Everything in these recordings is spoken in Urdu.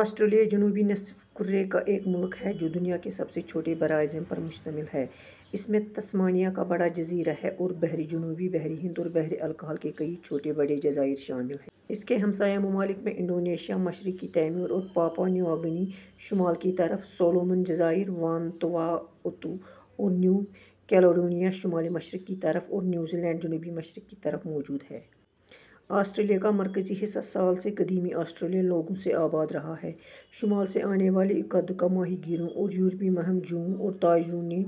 آسْٹْریلِیا جنوبی نصف کُرے کا ایک ملک ہے جو دنیا کے سب سے چھوٹے براعظم پر مشتمل ہے۔ اس میں تسمانیہ کا بڑا جزیرہ اور بحر جنوبی، بحر ہند اور بحر الکاہل کے کئی چھوٹے بڑے جزائر شامل ہیں۔ اس کے ہمسایہ ممالک میں انڈونیشیا ، مشرقی تیمور اور پاپوا نیو گنی شمال کی طرف، سولومن جزائر ، وانواتو اور نیو کیلیڈونیا شمال مشرق کی طرف اور نیوزی لینڈ جنوب مشرق کی طرف موجود ہے۔ آسٹریلیا کا مرکزی حصہ سال سے قدیمی آسٹریلین لوگوں سے آباد رہا ہے۔ شمال سے آنے والے اکا دکا ماہی گیروں اور یورپی مہم جوؤں اور تاجروں نے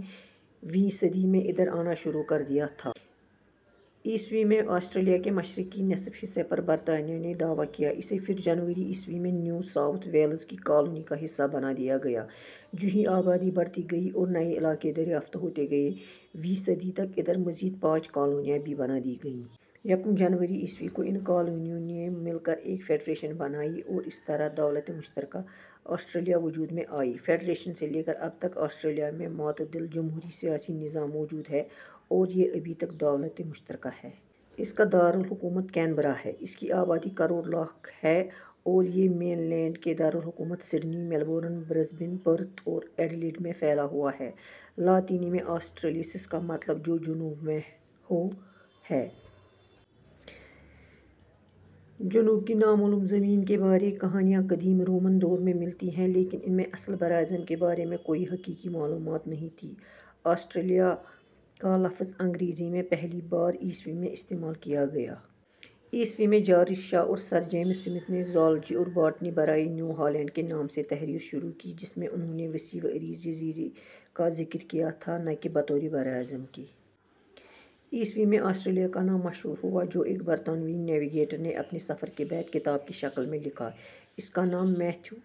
ویں صدی میں ادھر آنا شروع کر دیا تھا۔ ءمیں، آسٹریلیا کے مشرقی نصف حصہ پر برطانیہ نے دعویٰ کیا۔ اسے پھر جنوری ء میں، نیو ساؤتھ ویلز کی کالونی کا حصہ بنا دیا گیا۔ جونہی آبادی بڑھتی گئی اور نئے علاقے دریافت ہوتے گئے، ویں صدی تک ادھر مزید پانچ کالونیاں بھی بنا دی گئیں۔ یکم جنوری ء کو، ان کالونیوں نے مل کر ایک فیڈریشن بنائی اور اس طرح دولت مشترکہ آسٹریلیا وجود میں آئی۔ فیڈریشن سے لے کر اب تک، آسٹریلیا میں معتدل جمہوری سیاسی نظام موجود ہے اور یہ ابھی تک دولت مشترکہ ہے۔ اس کا دار الحکومت کینبرا ہے۔ اس کی آبادی کروڑ لاکھ ہے اور یہ مین لینڈ کے دارلحکومتوں سڈنی ، میلبورن ، برسبن، پرتھ اور ایڈیلیڈ میں پھیلا ہوا ہے۔ لاطینی میں آسٹریلیس کا مطلب "جو جنوب میں ہو" ہے۔ جنوب کی نامعلوم زمین کے بارے کہانیاں قدیم رومن دور میں ملتی ہیں لیکن ان میں اصل براعظم کے بارے کوئی حقیقی معلومات نہیں تھیں۔ آسٹریلیا کا لفظ انگریزی میں پہلی بار ء میں استعمال کیا گیا۔ ء میں جارج شا اور سر جیمز سمتھ نے زوالوجی اور باٹنی برائے نیو ہالینڈ کے نام سے تحریر شائع کی جس میں انھوں نے وسیع و عریض جزیرے کا ذکر کیا تھا نہ کہ بطور براعظم کے۔ ء میں آسٹریلیا کا نام مشہور ہوا جو ایک برطانوی نیویگیٹر نے اپنے سفر کے بعد کتاب کی شکل میں لکھا۔ اس کا نام میتھیو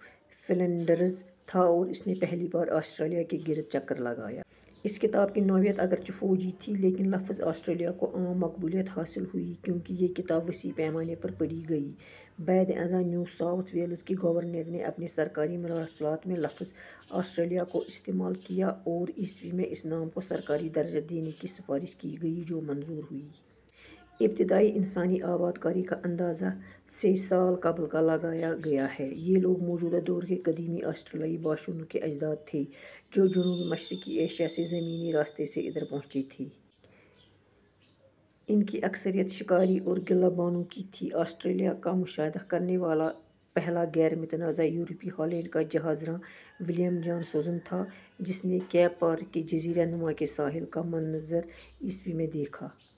فلنڈرز تھا اور اس نے پہلی بار آسٹریلیا کے گرد چکر لگایا۔ اس کتاب کی نوعیت اگرچہ فوجی تھی، لیکن لفظ "آسٹریلیا" کو عام مقبولیت حاصل ہوئی کیونکہ یہ کتاب وسیع پیمانے پر پڑھی گئی۔ بعد ازاں نیو ساوتھ ویلز کے گورنر نے اپنے سرکاری مراسلات میں لفظ "آسٹریلیا" کو استعمال کیا اور ء میں اس نام کو سرکاری درجہ دینے کی سفارش کی گئی جو منظور ہوئی۔ ابتدائی انسانی آبادکاری کا اندازہ ، سے ، سال قبل کا لگایا گیا ہے۔ یہ لوگ موجودہ دور کے قدیمی آسٹریلیائی باشندوں کے اجداد تھے جو جنوب مشرقی ایشیا سے زمینی راستے سے ادھر پہنچے تھے۔ ان کی اکثریت شکاری اور گلہ بانوں کی تھی۔ آسٹریلیا کا مشاہدہ کرنے والا پہلا غیر متنازع یورپی ہالینڈ کا جہاز راں ولیم جانسزون تھا جس نے کیپ یارک کے جزیرہ نما کے ساحل کا منظر، ء میں دیکھا۔